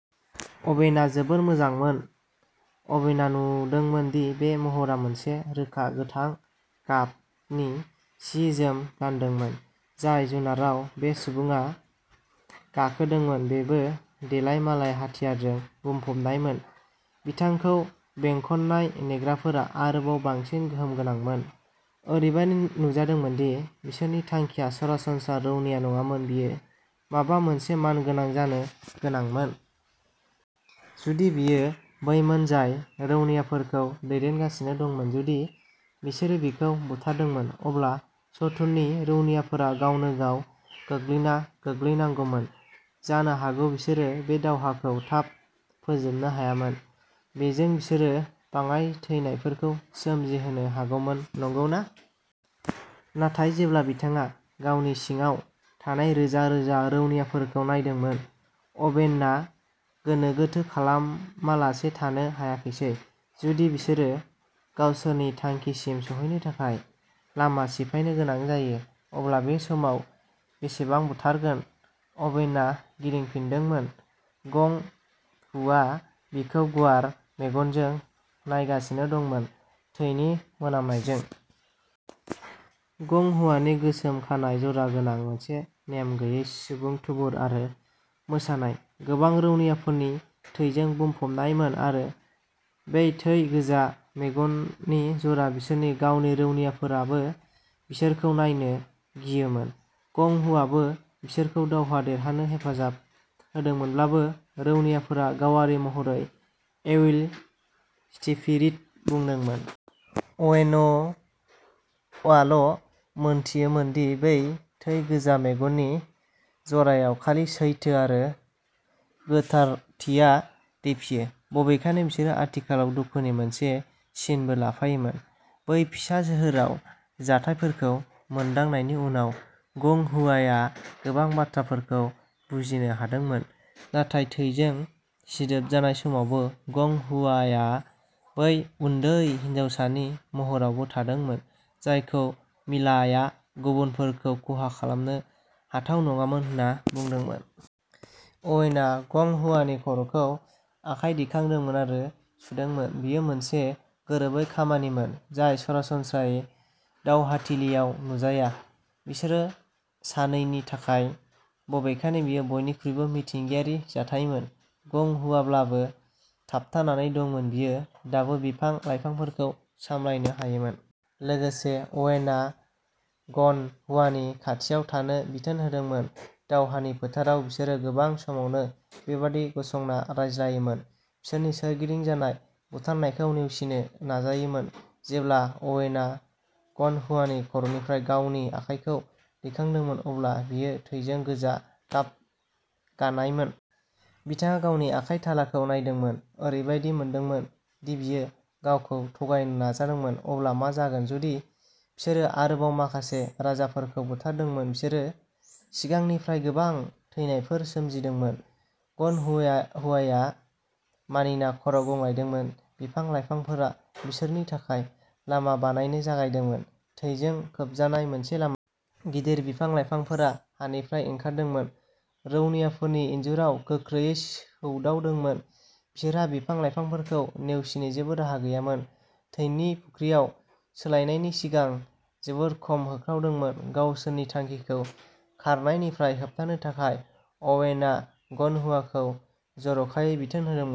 अभेनआ जोबोद मोजांमोन, अभेनआ नुदोंमोन दि बे महरआ मोनसे रोखा, गोथां गाबनि सि-जोम गानदोंमोन। जाय जुनाराव बे सुबुङा गाखोदोंमोन, बेबो देलाय मालाय हाथियारजों बुंफबनायमोन। बिथांखौ बेंखननाय नेग्राफोरा आरोबाव बांसिन गोहोम गोनांमोन। ओरैबायदि नुजादोंमोन दि बिसोरनि थांखिया सरासनस्रा रौनिया नङामोन| बियो माबा मोनसे मानगोनां जानो गोनांमोन। जुदि बियो बैमोन जाय रौनियाफोरखौ दैदेनगासिनो दंमोन, जुदि बिसोरो बिखौ बुथारदोंमोन, अब्ला सुथुरनि रौनियाफोरा गावनो गाव गोग्लैना गोग्लैनांगौमोन। जानो हागौ बिसोरो बे दावहाखौ थाब फोजोबनो हायोमोन। बेजों, बिसोरो बाङाइ थैनायफोर सोमजिहोनो हागौमोन, नंगौना? नाथाय जेब्ला बिथाङा गावनि सिगाङाव थानाय रोजा-रोजा रौनियाफोरखौ नायदोंमोन, अभेनआ गोनो गोथो खालामालासे थानो हायाखैमोन। जुदि बिसोरो गावसोरनि थांखिसिम सौहैनो थाखाय लामा सिफायनो गोनां जायो, अब्ला बे समाव बेसेबां बुथारगोन? अभेनआ गिदिंफिनदोंमोन। गं हुआ आ बिखौ गुवार मेगनजों नायगासिनो दंमोन, थैनि मोनामनायजों। गं हुआनि गोसोम खानाइ, जरा गोनां। मोनसे नेम गैयै सुबुं थुबुर आरो मोसानाय, गोबां रौनियाफोरनि थैजों बुंफबनायमोन। आरो बै थै गोजा मेगननि जरा; बिसोरनि गावनि रौनियाफोराबो बिसोरखौ नायनो गियोमोन। गं हुआआनो बिसोरखौ दावहा देरहानो हेफाजाब होदोंमोनब्लाबो, रौनियाफोरा गावारि महरै एविल स्पिरिट बुंदोंमोन। अवेनआल' मोनथियोमोन दि बै थै गोजा मेगननि जरायाव खालि सैथो आरो गोथारथिया रिफियो, बबेखानि बिसोर आथिखालाव दुखुनि मोनसे सिनबो लाफायोमोन। बै फिसा सोहोराव जाथायफोरखौ मोनदांनायनि उनाव, गं हुआआ गोबां बाथ्राफोरखौ बुजिनो हादोंमोन। नाथाय थैजों सिदोब जानाय समावबो, गं हुआआ बै उन्दै हिनजावसानि महरावनो थादोंमोन जायखौ मिलाआ गुबुनफोरखौ खहा खालामनो हाथाव नङामोन होन्ना बुंदोंमोन। अवेनआ गंग हुआनि खर'खौ आखाय दिखांदोंमोन आरो सुदोंमोन। बेयो मोनसे गोरोबै खामानिमोन, जाय सरासनस्रायै दावहाथिलियाव नुजाया। बिसोर सानैनि थाखाय, बबेखानि, बेयो बयनिख्रुइबो मिथिंगायारि जाथायमोन। गं हुआब्लाबो। थाबथानानै दंमोन, बियो दाबो बिफां-लाइफांफोरखौ सामलायनो हायोमोन। लोगोसे, अवेनआ ग'न हुआनि खाथियाव थानो बिथोन होदोंमोन। दावहानि फोथाराव, बिसोर गोबां समावनो बेबायदि गसंना रायज्लायोमोन, बिसोरनि सोरगिदिं जानाय बुथारनायखौ नेवसिनो नाजायोमोन। जेब्ला अवेनआ ग'न हुआनि खर'निफ्राय गावनि आखायखौ दैखांदोंमोन, अब्ला बेयो थैजों गोजा गाब गानायमोन। बिथाङा गावनि आखाइ थालाखौ नायदोंमोन, ओरैबायदि मोनदोंमोन दि बियो गावखौ थगायनो नाजादोंमोन। अब्ला मा जागोन जुदि बिसोरो आरोबाव माखासे राजाफोरखौ बुथारदोंमोन? बिसोरो सिगांनिफ्रायनो गोबां थैनायफोर सोमजिहोदोंमोन। ग'न हुआआ मानिना खर' गंग्लायदोंमोन। बिफां-लाइफांफोरा बिसोरनि थाखाय लामा बानायनो जागायदोंमोन, थैजों खोबजानाय मोनसे लामा। गिदिर बिफां-लाइफांफोरा हानिफ्राय ओंखारदोंमोन, रौनियाफोरनि इन्जुराव गोख्रोंयै सौदावदोंमोन। बिसोरहा बिफां-लाइफांफोरखौ नेवसिनो जेबो राहा गैयामोन, थैनि फुख्रियाव सोलायनायनि सिगां जोबोद खम होख्रावदोंमोन। गावसोरनि थांखिखौ खारनायनिफ्राय होबथानो थाखाय, अवेनआ ग'न हुआखौ जर'खायै बिथोन होदोंमोन।